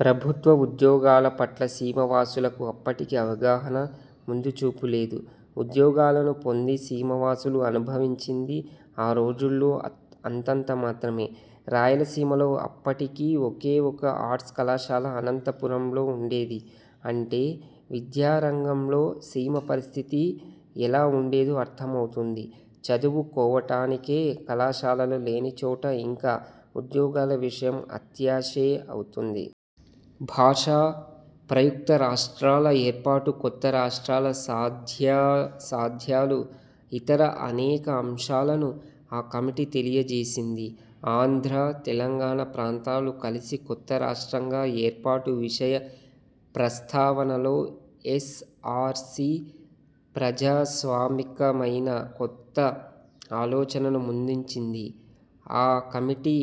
ప్రభుత్వ ఉద్యోగాలపట్ల సీమవాసులకు అప్పటికి అవగాహన, ముందుచూపులేదు. ఉద్యోగాలను పొంది సీమవాసులు అనుభవించింది ఆరోజుల్లో అంతంత మాత్రమే. రాయలసీమలో అప్పటికీ ఒకే ఒక ఆర్ట్స్ కళాశాల అనంతపురంలో ఉండేది. అంటే విద్యా రంగంలో సీమ పరిస్థితి ఎలా ఉండేదో అర్థమవుతుంది. చదువు కోవటానికే కళాశాలలు లేనిచోట ఇంక ఉద్యోగాల విషయం ఆత్యాశే అవుతుంది. భాషా ప్రయుక్త రాష్ట్రాల ఏర్పాటు, కొత్త రాష్ట్రాల సాధ్యాసాధ్యాలు, ఇతర అనేక అంశాలను ఆ కమిటీ తెలియజేసింది. ఆంధ్ర, తెలంగాణ ప్రాంతాలు కలిసి కొత్త రాష్ట్రంగా ఏర్పాటు విషయ ప్రస్తావనలో ఎస్. ఆర్. సి. ప్రజాస్వామికమైన కొత్త ఆలోచనను ముందుంచింది. ఆ కమిటీ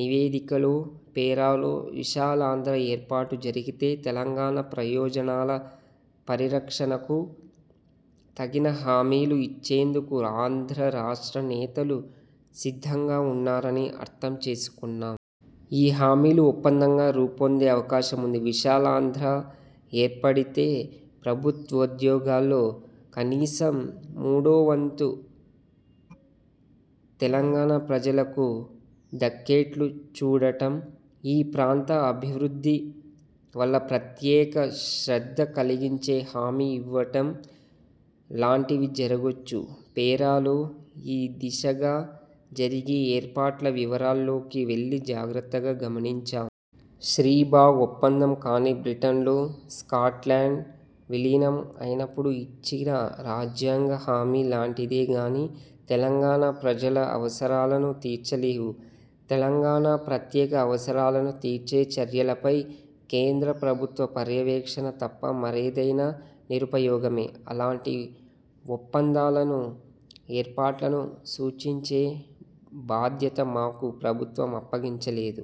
నివేదికలో పేరా లో 'విశాలాంధ్ర ఏర్పాటు జరిగితే తెలంగాణ ప్రయోజనాల పరిరక్షణకు తగిన హామీలు ఇచ్చేందుకు ఆంధ్రరాష్ట్ర నేతలు సిద్ధంగా ఉన్నారని అర్ధంచేసుకొన్నాం. ఈ హామీలు ఒప్పందంగా రూపొందే అవకాశం ఉంది. విశాలాంధ్ర ఏర్పడితే ప్రభుత్వోద్యోగాల్లో కనీసం మూడో వంతు తెలంగాణ ప్రజలకు దక్కేట్లు చూడటం, ఈ ప్రాంత అభివృద్ధి వల్ల ప్రత్యేక శ్రద్ధ కలిగించే హామీ ఇవ్వడం లాంటివి జరగొచ్చు. ' పేరా లో 'ఈ దిశగా జరిగే ఏర్పాట్ల వివరాల్లోకి వెళ్ళి జాగ్రత్తగా గమనించాం. శ్రీబాగ్ ఒప్పందంకానీ, బ్రిటన్లో స్కాట్లాండ్ విలీనం అయినపుడు ఇచ్చిన రాజ్యాంగ హామీ లాంటిదేగానీ తెలంగాణ ప్రజల అవసరాలను తీర్చలేవు. తెలంగాణ ప్రత్యేక అవసరాలను తీర్చే చర్యలపై కేంద్రప్రభుత్వ పర్యవేక్షణ తప్ప మరేదైనా నిరుపయోగమే. అలాంటి ఒప్పం దాలను, ఏర్పాట్లను సూచించే బాధ్యత మాకు ప్రభుత్వం అప్పగించలేదు.